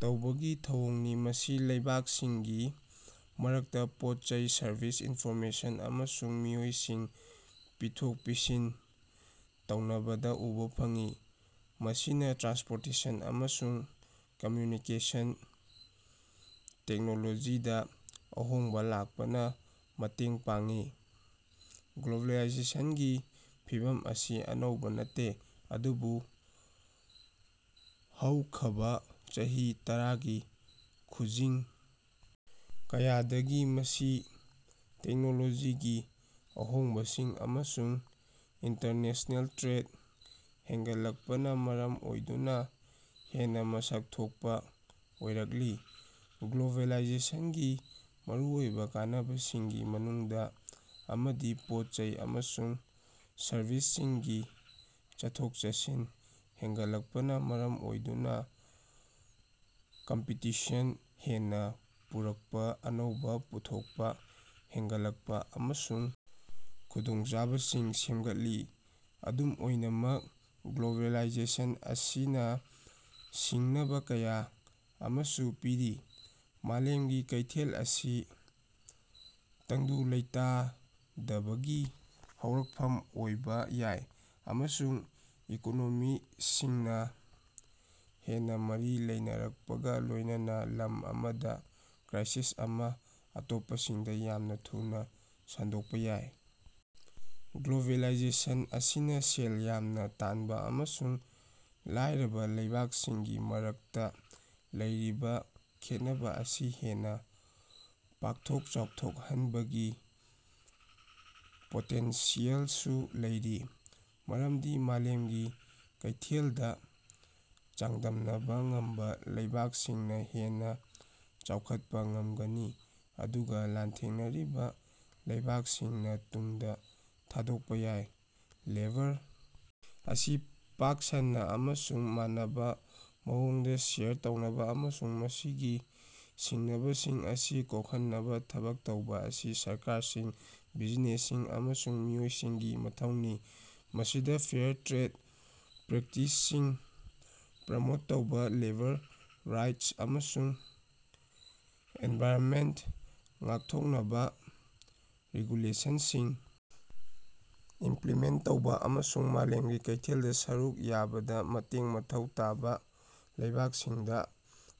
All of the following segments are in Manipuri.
ꯇꯧꯕꯒꯤ ꯊꯧꯑꯣꯡꯅꯤ꯫ ꯃꯁꯤ ꯂꯩꯕꯥꯛꯁꯤꯡꯒꯤ ꯃꯔꯛꯇ ꯄꯣꯠ-ꯆꯩ, ꯁꯔꯕꯤꯁ, ꯏꯟꯐꯣꯔꯃꯦꯁꯟ, ꯑꯃꯁꯨꯡ ꯃꯤꯑꯣꯏꯁꯤꯡ ꯄꯤꯊꯣꯛ-ꯄꯤꯁꯤꯟ ꯇꯧꯅꯕꯗ ꯎꯕ ꯐꯪꯏ, ꯃꯁꯤꯅ ꯇ꯭ꯔꯥꯟꯁꯄꯣꯔꯇꯦꯁꯟ ꯑꯃꯁꯨꯡ ꯀꯝꯃ꯭ꯌꯨꯅꯤꯀꯦꯁꯟ ꯇꯦꯛꯅꯣꯂꯣꯖꯤꯗ ꯑꯍꯣꯡꯕ ꯂꯥꯛꯄꯅ ꯃꯇꯦꯡ ꯄꯥꯡꯂꯤ꯫ ꯒ꯭ꯂꯣꯕꯦꯂꯥꯏꯖꯦꯁꯟꯒꯤ ꯐꯤꯚꯝ ꯑꯁꯤ ꯑꯅꯧꯕ ꯅꯠꯇꯦ, ꯑꯗꯨꯕꯨ ꯍꯧꯈꯕꯥ ꯆꯍꯤ ꯇꯔꯥꯒꯤ ꯈꯨꯖꯤꯡ ꯀꯌꯥꯗꯒꯤ ꯃꯁꯤ ꯇꯦꯛꯅꯣꯂꯣꯖꯤꯒꯤ ꯑꯍꯣꯡꯕꯁꯤꯡ ꯑꯃꯁꯨꯡ ꯏꯟꯇꯔꯅꯦꯁꯅꯦꯜ ꯇ꯭ꯔꯦꯗ ꯍꯦꯟꯒꯠꯂꯛꯄꯅꯥ ꯃꯔꯝ ꯑꯣꯏꯗꯨꯅ ꯍꯦꯟꯅ ꯃꯁꯛ ꯊꯣꯛꯄ ꯑꯣꯏꯔꯛꯂꯤ꯫ ꯒ꯭ꯂꯣꯕꯦꯂꯥꯏꯖꯦꯁꯟꯒꯤ ꯃꯔꯨꯑꯣꯏꯕ ꯀꯥꯟꯅꯕꯁꯤꯡꯒꯤ ꯃꯅꯨꯡꯗ ꯑꯃꯗꯤ ꯄꯣꯠ-ꯆꯩ ꯑꯃꯁꯨꯡ ꯁꯔꯕꯤꯁꯁꯤꯡꯒꯤ ꯆꯠꯊꯣꯛ-ꯆꯠꯁꯤꯟ ꯍꯦꯟꯒꯠꯂꯛꯄꯅ ꯃꯔꯝ ꯑꯣꯏꯗꯨꯅ ꯀꯝꯄꯤꯇꯤꯁꯟ ꯍꯦꯟꯅ ꯄꯨꯔꯛꯄ, ꯑꯅꯧꯕꯥ ꯄꯨꯊꯣꯛꯄ ꯍꯦꯟꯒꯠꯂꯛꯄ, ꯑꯃꯁꯨꯡ ꯈꯨꯗꯣꯡꯆꯥꯕꯁꯤꯡ ꯁꯦꯝꯒꯠꯂꯤ꯫ ꯑꯗꯨꯝ ꯑꯣꯏꯅꯃꯛ, ꯒ꯭ꯂꯣꯕꯦꯂꯥꯏꯖꯦꯁꯟ ꯑꯁꯤꯅ ꯁꯤꯡꯅꯕ ꯀꯌꯥ ꯑꯃꯁꯨ ꯄꯤꯔꯤ꯫ ꯃꯥꯂꯦꯝꯒꯤ ꯀꯩꯊꯦꯜ ꯑꯁꯤ ꯇꯪꯗꯨ ꯂꯩꯇꯥꯗꯕꯒꯤ ꯍꯧꯔꯛꯐꯝ ꯑꯣꯏꯕ ꯌꯥꯏ, ꯑꯃꯁꯨꯡ ꯏꯀꯣꯅꯣꯃꯤꯁꯤꯡꯅ ꯍꯦꯟꯅ ꯃꯔꯤ ꯂꯩꯅꯔꯛꯄꯒ ꯂꯣꯏꯅꯅ ꯂꯝ ꯑꯃꯗ ꯀ꯭ꯔꯥꯏꯁꯤꯁ ꯑꯃ ꯑꯇꯣꯞꯄꯁꯤꯡꯗ ꯌꯥꯝꯅ ꯊꯨꯅ ꯁꯟꯗꯣꯛꯄ ꯌꯥꯏ꯫ ꯒ꯭ꯂꯣꯕꯦꯂꯥꯏꯖꯦꯁꯟ ꯑꯁꯤꯅ ꯁꯦꯜ ꯌꯥꯝꯅ ꯇꯥꯟꯕ ꯑꯃꯁꯨꯡ ꯂꯥꯏꯔꯕ ꯂꯩꯕꯥꯛꯁꯤꯡꯒꯤ ꯃꯔꯛꯇ ꯂꯩꯔꯤꯕ ꯈꯦꯠꯅꯕ ꯑꯁꯤ ꯍꯦꯟꯅ ꯄꯥꯛꯊꯣꯛ ꯆꯥꯎꯊꯣꯛꯍꯟꯕꯒꯤ ꯄꯣꯇꯦꯟꯁꯤꯌꯦꯜꯁꯨ ꯂꯩꯔꯤ, ꯃꯔꯝꯗꯤ ꯃꯥꯂꯦꯝꯒꯤ ꯀꯩꯊꯦꯜꯗ ꯆꯥꯡꯗꯝꯅꯕ ꯉꯝꯕ ꯂꯩꯕꯥꯛꯁꯤꯡꯅ ꯍꯦꯟꯅ ꯆꯥꯎꯈꯠꯄ ꯉꯝꯒꯅꯤ, ꯑꯗꯨꯒ ꯂꯥꯟꯊꯦꯡꯅꯔꯤꯕ ꯂꯩꯕꯥꯛꯁꯤꯡꯅ ꯇꯨꯡꯗ ꯊꯥꯗꯣꯛꯄ ꯌꯥꯏ꯫ ꯂꯦꯕꯔ ꯑꯁꯤ ꯄꯥꯛ ꯁꯟꯅꯥ ꯑꯃꯁꯨꯡ ꯃꯥꯟꯅꯕꯥ ꯃꯑꯣꯡꯗꯥ ꯁꯦꯌꯔ ꯇꯧꯅꯕꯥ, ꯑꯃꯁꯨꯡ ꯃꯁꯤꯒꯤ ꯁꯤꯡꯅꯕꯁꯤꯡ ꯑꯁꯤ ꯀꯣꯀꯍꯟꯅꯕꯥ ꯊꯕꯛ ꯇꯧꯕꯥ ꯑꯁꯤ ꯁꯔꯀꯥꯔꯁꯤꯡ, ꯕꯤꯖꯤꯅꯦꯁꯁꯤꯡ ꯑꯃꯁꯨꯡ ꯃꯤꯑꯣꯏꯁꯤꯡꯒꯤ ꯃꯊꯧꯅꯤ꯫ ꯃꯁꯤꯗ ꯐꯦꯌꯔ ꯇ꯭ꯔꯦꯗ ꯄ꯭ꯔꯦꯛꯇꯤꯁꯁꯤꯡ ꯄ꯭ꯔꯃꯣꯠ ꯇꯧꯕꯥ, ꯂꯦꯕꯔ ꯔꯥꯏꯠꯁ ꯑꯃꯁꯨꯡ ꯑꯦꯟꯚꯥꯏꯔꯅꯃꯦꯟꯇ ꯉꯥꯛꯊꯣꯛꯅꯕꯥ ꯔꯤꯒꯨꯂꯦꯁꯟꯁꯤꯡ ꯏꯃꯄꯂꯤꯃꯦꯟꯇ ꯇꯧꯕ, ꯑꯃꯁꯨꯡ ꯃꯥꯂꯦꯝꯒꯤ ꯀꯩꯊꯦꯜꯗ ꯁꯔꯨꯛ ꯌꯥꯕꯗ ꯃꯇꯦꯡ ꯃꯊꯧ ꯇꯥꯕ ꯂꯩꯕꯥꯛꯁꯤꯡꯗ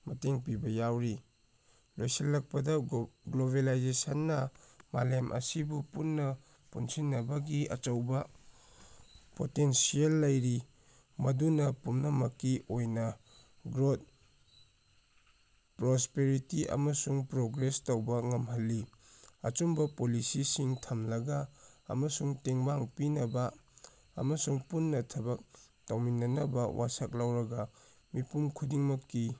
ꯃꯇꯦꯡ ꯄꯤꯕ ꯌꯥꯎꯔꯤ꯫ ꯂꯣꯏꯁꯤꯜꯂꯛꯄꯗꯥ, ꯒ꯭ꯂꯣꯕꯦꯂꯥꯏꯖꯦꯁꯟꯅ ꯃꯥꯂꯦꯝ ꯑꯁꯤꯕꯨ ꯄꯨꯟꯅ ꯄꯨꯟꯁꯤꯟꯅꯕꯒꯤ ꯑꯆꯧꯕ ꯄꯣꯇꯦꯟꯁꯤꯌꯦꯜ ꯂꯩꯔꯤ ꯃꯗꯨꯅ ꯄꯨꯝꯅꯃꯛꯀꯤ ꯑꯣꯏꯅ ꯒ꯭ꯔꯣꯊ, ꯄ꯭ꯔꯣꯁꯄꯦꯔꯤꯇꯤ ꯑꯃꯁꯨꯡ ꯄ꯭ꯔꯣꯒ꯭ꯔꯦꯁ ꯇꯧꯕꯥ ꯉꯝꯍꯜꯂꯤ꯫ ꯑꯆꯨꯝꯕ ꯄꯣꯂꯤꯁꯤꯁꯤꯡ ꯊꯝꯂꯒꯥ, ꯑꯃꯁꯨꯡ ꯇꯦꯡꯕꯥꯡ ꯄꯤꯅꯕ ꯑꯃꯁꯨꯡ ꯄꯨꯟꯅ ꯊꯕꯛ ꯇꯧꯃꯤꯟꯅꯅꯕ ꯋꯥꯁꯛ ꯂꯧꯔꯒꯥ, ꯃꯤꯄꯨꯝ ꯈꯨꯗꯤꯡꯃꯛꯀꯤ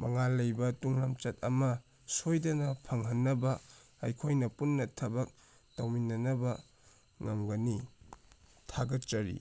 ꯃꯉꯥꯜ ꯂꯩꯕꯥ ꯇꯨꯡꯂꯝꯆꯠ ꯑꯃ ꯁꯣꯏꯗꯅ ꯐꯪꯍꯟꯅꯕ ꯑꯩꯈꯣꯏꯅ ꯄꯨꯟꯅ ꯊꯕꯛ ꯇꯧꯃꯤꯟꯅꯕ ꯉꯝꯒꯅꯤ꯫ ꯊꯥꯒꯠꯆꯔꯤ.